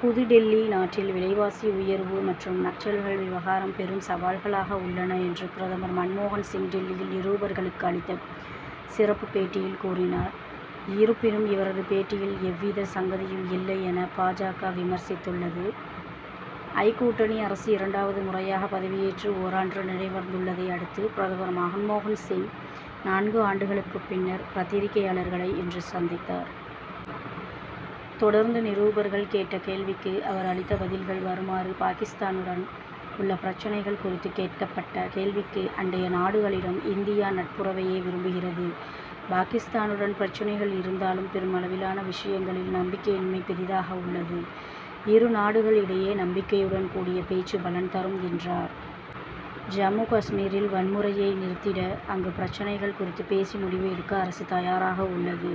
புதுடில்லி நாட்டில் விலைவாசி உயர்வு மற்றும் நக்சல்கள் விவகாரம் பெரும் சவால்களாக உள்ளன என்று பிரதமர் மன்மோகன்சிங் டில்லியில் நிருபர்களுக்கு அளித்த சிறப்பு பேட்டியில் கூறினார். இருப்பினும் இவரது பேட்டியில் எவ்வித சங்கதியும் இல்லை என பா. ஜ.க.விமர்சித்துள்ளது. ஐ. கூட்டணி அரசு இரண்டாவது முறையாக பதவியேற்று ஓராண்டு நிறைவடைந்துள்ளதை அடுத்து, பிரதமர் மன்மோகன் சிங், நான்கு ஆண்டுகளுக்கு பின்னர் பத்திரிகையாளர்களை இன்று சந்தித்தார். தொடர்ந்து நிருபர்கள் கேட்ட கேள்விக்கு அவர் அளித்த பதில்கள் வருமாறு பாகிஸ்தானுடன் உள்ள பிரச்னைகள் குறித்து கேட்கப்பட்ட கேள்விக்கு அண்டைய நாடுகளிடம் இந்தியா நட்புறவையே விரும்புகிறது. பாகிஸ்தானுடன் பிரச்னைகள் இருந்தாலும் பெரும் அளவிலான விஷயங்களில் நம்பிக்கையின்மை பெரிதாக உள்ளது. இரு நாடுகள் இடையே நம்பி்கையுடன் கூடிய பேச்சு பலன் தரும் என்றார். ஜம்மு காஷ்மீரில் வன்முறையை நிறுத்திட அங்கு பிரச்னைகள் குறித்து பேசி முடிவு எடுக்க அரசு தயாராக இருக்கிறது.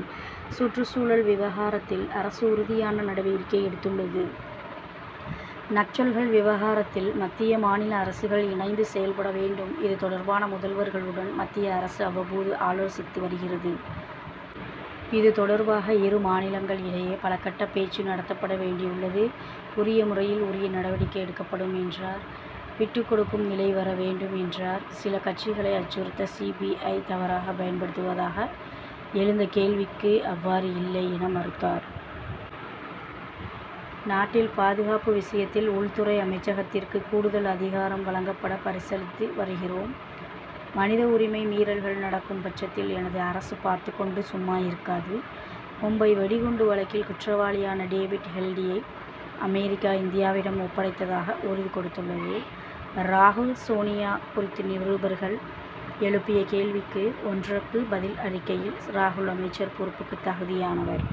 சுற்றுச்சூழ்ல விவகாரத்தில் அரசு உறுதியான நடவடிக்கை எடுத்துள்ளது. நக்சல்கள் விவகாரத்தில் மத்திய, மாநில அரசுகள் இணைந்து செயல்பட வேண்டும். இது தொடர்பான முதல்வர்களுடன் மத்திய அரசு அவ்வப்போது ஆலோ்சித்து வருகிறது. இது தொடர்பாக இரு மாநிலங்கள் இடையே பலக்கட்ட பேச்சு நடத்தப்பட வேண்டியுள்ளது. உரிய முறையில் உரிய நடவடிக்கை எடுக்கப்படும் என்றார். விட்டுக்கொடுக்கும் நிலை வர வேண்டும் என்றார். சில கட்சிகளை அச்சுறுத்த சி. பி. ஐ., தவறாக பயன்படுத்துவதாக எழுந்த கேள்விக்கு அவ்வாறு இல்லை என மறுத்தார். நாட்டில் பாதுகாப்பு விஷயத்தில் உள்துறை அமைச்சகத்திற்கு கூடுதல் அதிகாரம் வழங்கிட பரிசீலித்து வருகிறோம். மனித உரிமை மீறல்கள் நடக்கும் படச்த்தில் எனது அரசு பார்த்துக்கொண்டு சும்மா இருக்காது. மும்பை வெடிகுண்டு வழக்கில் குற்றவாளியான டேவிட் ஹெட்லியை அமெரிக்கா இந்தியாவிடம் ஒப்படைப்பதாக உறுதி கொடுத்துள்ளது. ராகுல் சோனியா குறித்து நிருபர்கள் எழுப்பிய கேள்வி ஒன்றுக்கு பதில் அளிக்கையில் ராகுல் அமைச்சர் பொறுப்புக்கு தகுதியானவர்.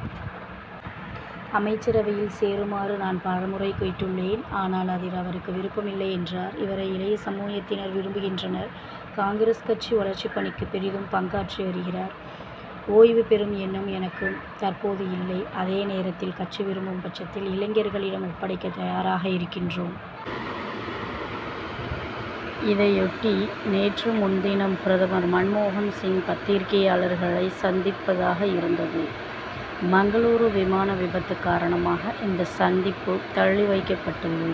அமைச்சரவையில் சேருமாறு நான் பலமுறை கேட்டுள்ளேன் ஆனால் அதில் அவருக்கு விருப்பமில்லை என்றார். இவரை இளைய சமுதாயத்தினர் விரும்புகின்றனர். காங்கிரஸ் கட்சி வளர்ச்சி பணிக்கு பெரிதும் பங்காற்றி வருகிறார். ஓய்வு பெறும் எண்ணம் எனக்கு தற்போது இல்லை. அதே நேரத்தில் கட்சி விரும்பும் பட்சத்தில் இளைஞர்களிடம் ஒப்படைக்க தயாராக இருக்கின்றேன். இதையொட்டி, நேற்று முன்தினம் பிரதமர் மன்மோகன் சிங், பத்திரிகையாளர்களை சந்திப்பதாக இருந்தது. மங்களூரு விமான விபத்து காரணமாக, இந்த சந்திப்பு தள்ளி வைக்கப்பட்டது.